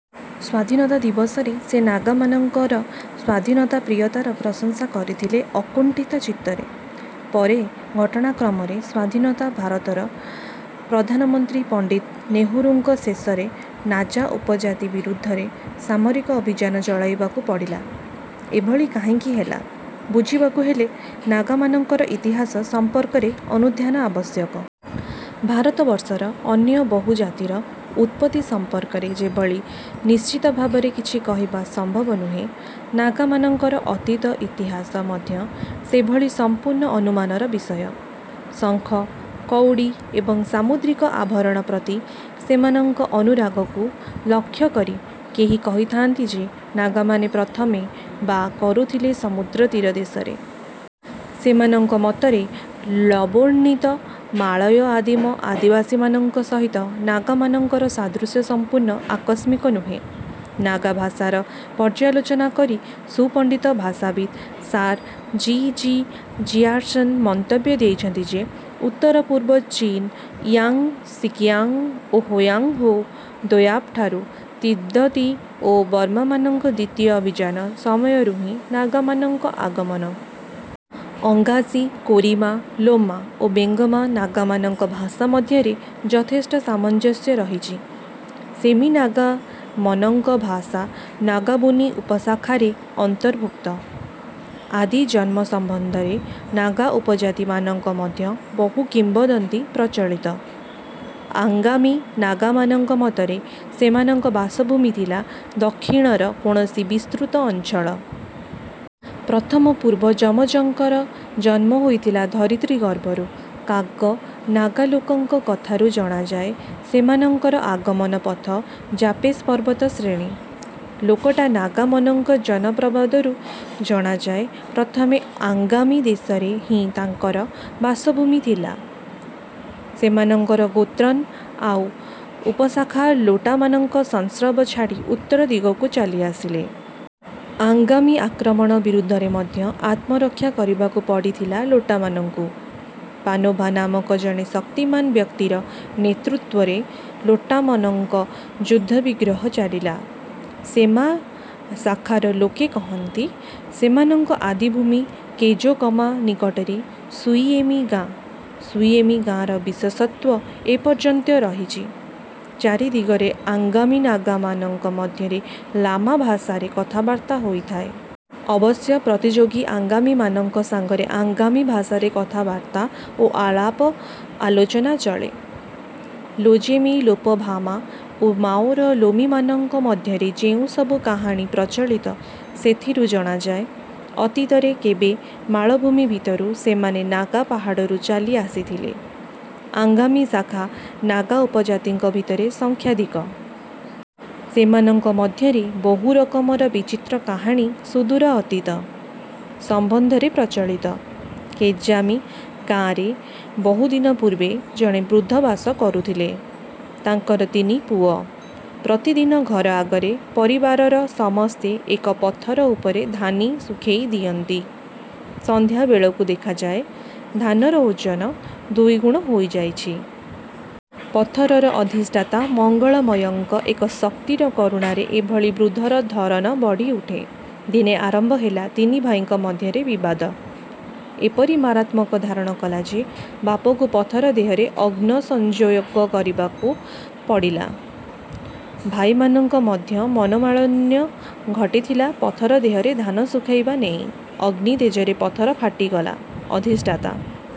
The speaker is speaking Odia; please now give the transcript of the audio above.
ସ୍ୱାଧୀନତା ଦିବସରେ ସେ ନାଗାମାନଙ୍କର ସ୍ୱାଧୀନତାପ୍ରିୟତାର ପ୍ରଶଂସା କରିଥିଲେ ଅକୁଣ୍ଠିତ ଚିତ୍ତରେ। ପରେ ଘଟଣାକ୍ରମରେ ସ୍ୱାଧୀନତା ଭାରତର ପ୍ରଧାନମନ୍ତ୍ରୀ ପଣ୍ଡିତ ନେହେରୁଙ୍କୁ ଶେଷରେ ନାଜା ଉପଜାତି ବିରୁଦ୍ଧରେ ସାମରିକ ଅଭିଯାନ ଚଳାଇବାକୁ ପଡ଼ିଲା। ଏଭଳି କାହିଁକି ହେଲା, ବୁଝିବାକୁ ହେଲେ ନାଗାମାନଙ୍କର ଇତିହାସ ସମ୍ପର୍କରେ ଅନୁଧ୍ୟାନ ଆବଶ୍ୟକ। ଭାରତବର୍ଷର ଅନ୍ୟ ବହୁ ଜାତିର ଉତ୍ପତ୍ତି ସମ୍ପର୍କରେ ଯେଭଳି ନିଶ୍ଚିତ ଭାବରେ କିଛି କହିବା ସମ୍ଭବ ନୁହେଁ, ନାଗାମାନଙ୍କର ଅତୀତ ଇତିହାସ ମଧ୍ୟ ସେଭଳି ସମ୍ପୂର୍ଣ୍ଣ ଅନୁମାନର ବିଷୟ। ଶଙ୍ଖ, କଉଡ଼ି ଏବଂ ସାମୁଦ୍ରିକ ଆଭରଣ ପ୍ରତି ସେମାନଙ୍କ ଅନୁରାଗକୁ ଲକ୍ଷ୍ୟକରି କେହି କହିଥାଆନ୍ତି ଯେ ନାଗାମାନେ ପ୍ରଥମେ ବା କରୁଥିଲେ ସମୁଦ୍ର ତୀରଦେଶରେ। ସେମାନଙ୍କ ମତରେ ଳବୋର୍ଣ୍ଣିତ, ମାଳୟ ଆଦିମ ଆଦିବାସୀମାନଙ୍କ ସହିତ ନାଗାମାନଙ୍କର ସାଦୃଶ୍ୟ ସମ୍ପୂର୍ଣ୍ଣ ଆକସ୍ମିକ ନୁହେଁ। ନାଗା ଭାଷାର ପର୍ଯ୍ୟାଲୋଚନା କରି ସୁପଣ୍ଡିତ ଭାଷାବିତ୍ ସାର ଜି. ଜି. ଜିୟାର୍ସନ ମନ୍ତବ୍ୟ ଦେଇଛନ୍ତି ଯେ ଉତ୍ତର-ପୂର୍ବ ଚୀନ୍ର ଇୟାଂଗ୍, ସିକିୟାଂଗ ଓ ହୋୟାଂଗ ହୋ ଦୋୟାବଠାରୁ ତିବ୍ବତୀ ଓ ବର୍ମାମାନଙ୍କ ଦ୍ୱିତୀୟ ଅଭିଯାନ ସମୟରୁ ହିଁ ନାଗାମାନଙ୍କ ଆଗମନ। ଅଙ୍ଗାସି, କୋରିମା, ଲୋମା ଓ ବେଙ୍ଗମା ନାଗାମାନଙ୍କ ଭାଷା ମଧ୍ୟରେ ଯଥେଷ୍ଟ ସାମଞ୍ଜସ୍ୟ ରହିଚି। ସେମି ନାଗାମନଙ୍କ ଭାଷା ନାଗାବୁନି ଉପଶାଖାରେ ଅନ୍ତର୍ଭୁକ୍ତ। ଆଦି ଜନ୍ମ ସମ୍ୱନ୍ଧରେ ନାଗା ଉପଜାତିମାନଙ୍କ ମଧ୍ୟ ବହୁ କିମ୍ୱଦନ୍ତୀ ପ୍ରଚଳିତ। ଆଙ୍ଗାମି ନାଗାମାନଙ୍କ ମତରେ ସେମାନଙ୍କ ବାସଭୂମି ଥିଲା ଦକ୍ଷିଣର କୌଣସି ବିସ୍ତୃତ ଅଞ୍ଚଳରେ। ପ୍ରଥମ ପୂର୍ବ ଯମଜଙ୍କର ଜନ୍ମ ହୋଇଥିଲା ଧରିତ୍ରୀ ଗର୍ଭରୁ। କାଗ ନାଗାଲୋକଙ୍କ କଥାରୁ ଜଣାଯାଏ, ସେମାନଙ୍କର ଆଗମନ ପଥ ଜାପେସ ପର୍ବତ ଶ୍ରେଣୀ। ଲୋକଟା ନାଗାମନଙ୍କ ଜନ-ପ୍ରବାଦରୁ ଜଣାଯାଏ, ପ୍ରଥମେ ଆଙ୍ଗାମି ଦେଶରେ ହିଁ ତାଙ୍କର ବାସଭୂମି ଥିଲା। ସେମାନଙ୍କର ଗୋତ୍ରନ ''ଆଉ'' ଉପଶାଖା ଲୋଟାମାନଙ୍କ ସଂସ୍ରବ ଛାଡ଼ି ଉତ୍ତର ଦିଗକୁ ଚାଲିଆସିଲେ। ଆଙ୍ଗାମି ଆକ୍ରମଣ ବିରୁଦ୍ଧରେ ମଧ୍ୟ ଆତ୍ମରକ୍ଷା କରିବାକୁ ପଡ଼ିଥିଲା ଲୋଟାମାନଙ୍କୁ। ପାନୋଭା ନାମକ ଜଣେ ଶକ୍ତିମାନ ବ୍ୟକ୍ତିର ନେତୃତ୍ୱରେ ଲୋଟାମନଙ୍କ ଯୁଦ୍ଧବିଗ୍ରହ ଚାଲିଲା। ସେମା ଶାଖାର ଲୋକେ କହନ୍ତି, ସେମାନଙ୍କ ଆଦିଭୂମି କେଜୋକମା ନିକଟରେ ସୁଇଏମି ଗାଁ। ସୁଇଏମି ଗାଁର ବିଶେଷତ୍ୱ ଏପର୍ଯ୍ୟନ୍ତ ରହିଚି। ଚାରି ଦିଗରେ ଆଙ୍ଗାମି ନାଗାମାନଙ୍କ ମଧ୍ୟରେ ଲାମା ଭାଷାରେ କଥାବାର୍ତ୍ତା ହୋଇଥାଏ। ଅବଶ୍ୟ ପ୍ରତିଯୋଗୀ ଆଙ୍ଗାମିମାନଙ୍କ ସାଙ୍ଗରେ ଆଙ୍ଗାମି ଭାଷାରେ କଥାବାର୍ତ୍ତା ଓ ଆଲାପ ଆଲୋଚନା ଚଳେ। ଲୋଜେମି ଲୋପଭାମା ଓ ମାଓର ଲୋମୀମାନଙ୍କ ମଧ୍ୟରେ ଯେଉଁ ସବୁ କାହାଣୀ ପ୍ରଚଳିତ ସେଥିରୁ ଜଣାଯାଏ, ଅତୀତରେ କେବେ ମାଳଭୂମି ଭିତରୁ ସେମାନେ ନାଗା ପାହାଡ଼ରୁ ଚାଲି ଆସିଥିଲେ। ଆଙ୍ଗାମି ଶାଖା ନାଗା ଉପଜାତିଙ୍କ ଭିତରେ ସଂଖ୍ୟାଧିକ। ସେମାନଙ୍କ ମଧ୍ୟରେ ବହୁ ରକମର ବିଚିତ୍ର କାହାଣୀ ସୁଦୂର ଅତୀତ। ସମ୍ୱନ୍ଧରେ ପ୍ରଚଳିତ। କେଜାମି ଗାଁରେ ବହୁଦିନ ପୂର୍ବେ ଜଣେ ବୃଦ୍ଧ ବାସ କରୁଥିଲେ। ତାଙ୍କର ତିନି ପୁଅ। ପ୍ରତିଦିନ ଘର ଆଗରେ ପରିବାରର ସମସ୍ତେ ଏକ ପଥର ଉପରେ ଧାନି ଶୁଖେଇ ଦିଅନ୍ତି। ସନ୍ଧ୍ୟା ବେଳକୁ ଦେଖାଯାଏ, ଧାନର ଓଜନ ଦୁଇଗୁଣ ହୋଇଯାଇଚି। ପଥରର ଅଧିଷ୍ଠାତା ମଙ୍ଗଳମୟଙ୍କ ଏକ ଶକ୍ତିର କରୁଣାରେ ଏଭଳି ବୃଦ୍ଧର ଧରନ ବଢିଉଠେ। ଦିନେ ଆରମ୍ଭ ହେଲା ତିନି ଭାଇଙ୍କ ମଧ୍ୟରେ ବିବାଦ। ଏପରି ମାରାତ୍ମକ ଧାରଣ କଲା ଯେ ବାପକୁ ପଥର ଦେହରେ ଅଗ୍ନ ସଞ୍ଜୋଗ କରିବାକୁ ପଡ଼ିଲା। ଭାଇମାନଙ୍କ ମଧ୍ୟ ମନୋମାଳିନ୍ୟ ଘଟିଥିଲା ପଥର ଦେହରେ ଧାନ ଶୁଖେଇବା ନେଇ। ଅଗ୍ନି ତେଜରେ ପଥର ଫାଟିଗଲା। ଅଧିଷ୍ଠାତା